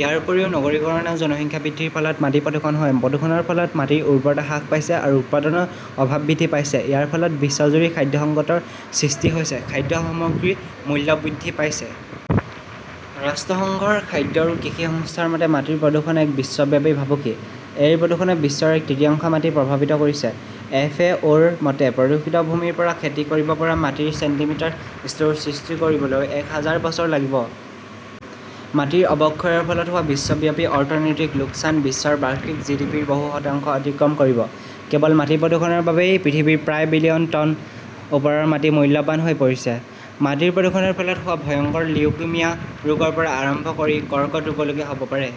ইয়াৰ উপৰিও নগৰীকৰণ আৰু জনসংখ্যা বৃদ্ধিৰ ফলত মাটি প্ৰদূষণ হয়। প্ৰদূষণৰ ফলত মাটিৰ উৰ্বৰতা হ্ৰাস পাইছে আৰু উৎপাদনৰ অভাৱ বৃদ্ধি পাইছে। ইয়াৰ ফলত বিশ্বজুৰি খাদ্য সংকটৰ সৃষ্টি হৈছে। খাদ্য সামগ্ৰীৰ মূল্য বৃদ্ধি পাইছে। ৰাষ্ট্ৰসংঘৰ খাদ্য আৰু কৃষি সংস্থাৰ মতে, মাটিৰ প্ৰদূষণ এক বিশ্বব্যাপী ভাবুকি। এই প্ৰদূষণে বিশ্বৰ এক তৃতীয়াংশ মাটি প্ৰভাৱিত কৰিছে। এফ. এ. অ '. -ৰ মতে, প্ৰদূষিত ভূমিৰ পৰা খেতি কৰিব পৰা মাটিৰ ছেণ্টিমিটাৰ স্তৰ সৃষ্টি কৰিবলৈ এক হাজাৰ বছৰ লাগিব। মাটিৰ অৱক্ষয়ৰ ফলত হোৱা বিশ্বব্যাপী অৰ্থনৈতিক লোকচান বিশ্বৰ বাৰ্ষিক জিডিপিৰ বহু শতাংশ অতিক্ৰম কৰিব। কেৱল মাটি প্ৰদূষণৰ বাবেই পৃথিৱীৰ প্ৰায় বিলিয়ন টন ওপৰৰ মাটি মূল্যৱান হৈ পৰিছে। মাটিৰ প্ৰদূষণৰ ফলত হোৱা ভয়ংকৰ লিউকিমিয়া ৰোগৰ পৰা আৰম্ভ কৰি কৰ্কট ৰোগলৈকে হব পাৰে।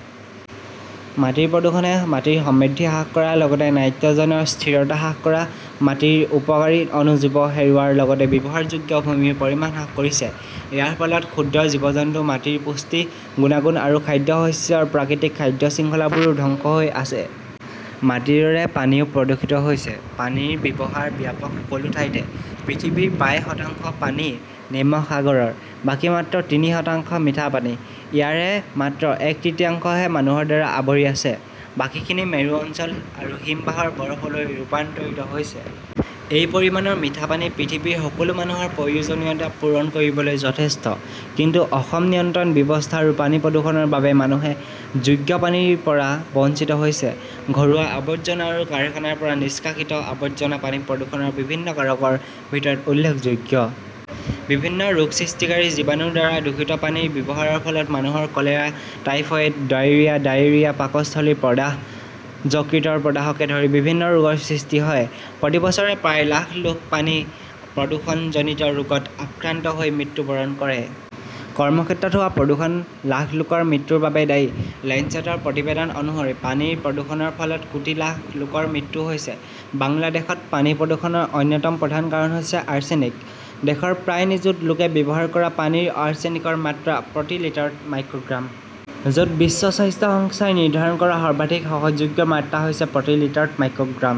মাটিৰ প্ৰদূষণে মাটিৰ সমৃদ্ধি হ্ৰাস কৰাৰ লগতে নাইট্ৰজেনৰ স্থিৰতা হ্ৰাস কৰা, মাটিৰ উপকাৰী অণুজীৱ হেৰুওৱাৰ লগতে ব্যৱহাৰযোগ্য ভূমিৰ পৰিমাণ হ্ৰাস কৰিছে। ইয়াৰ ফলত ক্ষুদ্ৰ জীৱ-জন্তু, মাটিৰ পুষ্টি গুণাগুণ আৰু খাদ্যশস্যৰ প্ৰাকৃতিক খাদ্য শৃংখলাবোৰো ধ্বংস হৈ আছে। মাটিৰ দৰে পানীও প্ৰদূষিত হৈছে। পানীৰ ব্যৱহাৰ ব্যাপক সকলো ঠাইতে। পৃথিৱীৰ প্ৰায় শতাংশ পানী নিমখ সাগৰৰ। বাকী মাত্ৰ তিনি শতাংশ মিঠা পানী। ইয়াৰে মাত্ৰ এক তৃতীয়াংশহে মানুহৰ দ্বাৰা আৱৰি আছে, বাকীখিনি মেৰু অঞ্চল আৰু হিমবাহৰ বৰফলৈ ৰূপান্তৰিত হৈছে। এই পৰিমাণৰ মিঠা পানী পৃথিৱীৰ সকলো মানুহৰ প্ৰয়োজনীয়তা পূৰণ কৰিবলৈ যথেষ্ট। কিন্তু অসম নিয়ন্ত্ৰণ ব্যৱস্থা আৰু পানীৰ প্ৰদূষণৰ বাবে মানুহে যোগ্য পানীৰ পৰা বঞ্চিত হৈছে। ঘৰুৱা আৱৰ্জনা আৰু কাৰখানাৰ পৰা নিষ্কাশিত আৱৰ্জনা পানী প্ৰদূষণৰ বিভিন্ন কাৰকৰ ভিতৰত উল্লেখযোগ্য। বিভিন্ন ৰোগ সৃষ্টিকাৰী জীৱাণুৰ দ্বাৰা দূষিত পানীৰ ব্যৱহাৰৰ ফলত মানুহৰ কলেৰা, টাইফয়েড, ডায়েৰিয়া, ডায়েৰিয়া, পাকস্থলীৰ প্ৰদাহ, যকৃতৰ প্ৰদাহকে ধৰি বিভিন্ন ৰোগৰ সৃষ্টি হয়। প্ৰতি বছৰে প্ৰায় লাখ লোক পানী প্ৰদূষণজনিত ৰোগত আক্ৰান্ত হৈ মৃত্যুবৰণ কৰে। কৰ্মক্ষেত্ৰত হোৱা প্ৰদূষণ লাখ লোকৰ মৃত্যুৰ বাবে দায়ী। লেঞ্চেটৰ প্ৰতিবেদন অনুসৰি, পানীৰ প্ৰদূষণৰ ফলত কোটি লাখ লোকৰ মৃত্যু হৈছে। বাংলাদেশত পানী প্ৰদূষণৰ অন্যতম প্ৰধান কাৰণ হৈছে আৰ্ছেনিক। দেশৰ প্ৰায় নিযুত লোকে ব্যৱহাৰ কৰা পানীৰ আৰ্ছেনিকৰ মাত্ৰা প্ৰতি লিটাৰত মাইক্ৰ গ্ৰাম। য 'ত বিশ্ব স্বাস্থ্য সংস্থাই নিৰ্ধাৰণ কৰা সৰ্বাধিক সহ্যযোগ্য মাত্ৰা হৈছে প্ৰতি লিটাৰত মাইক্ৰ' গ্ৰাম।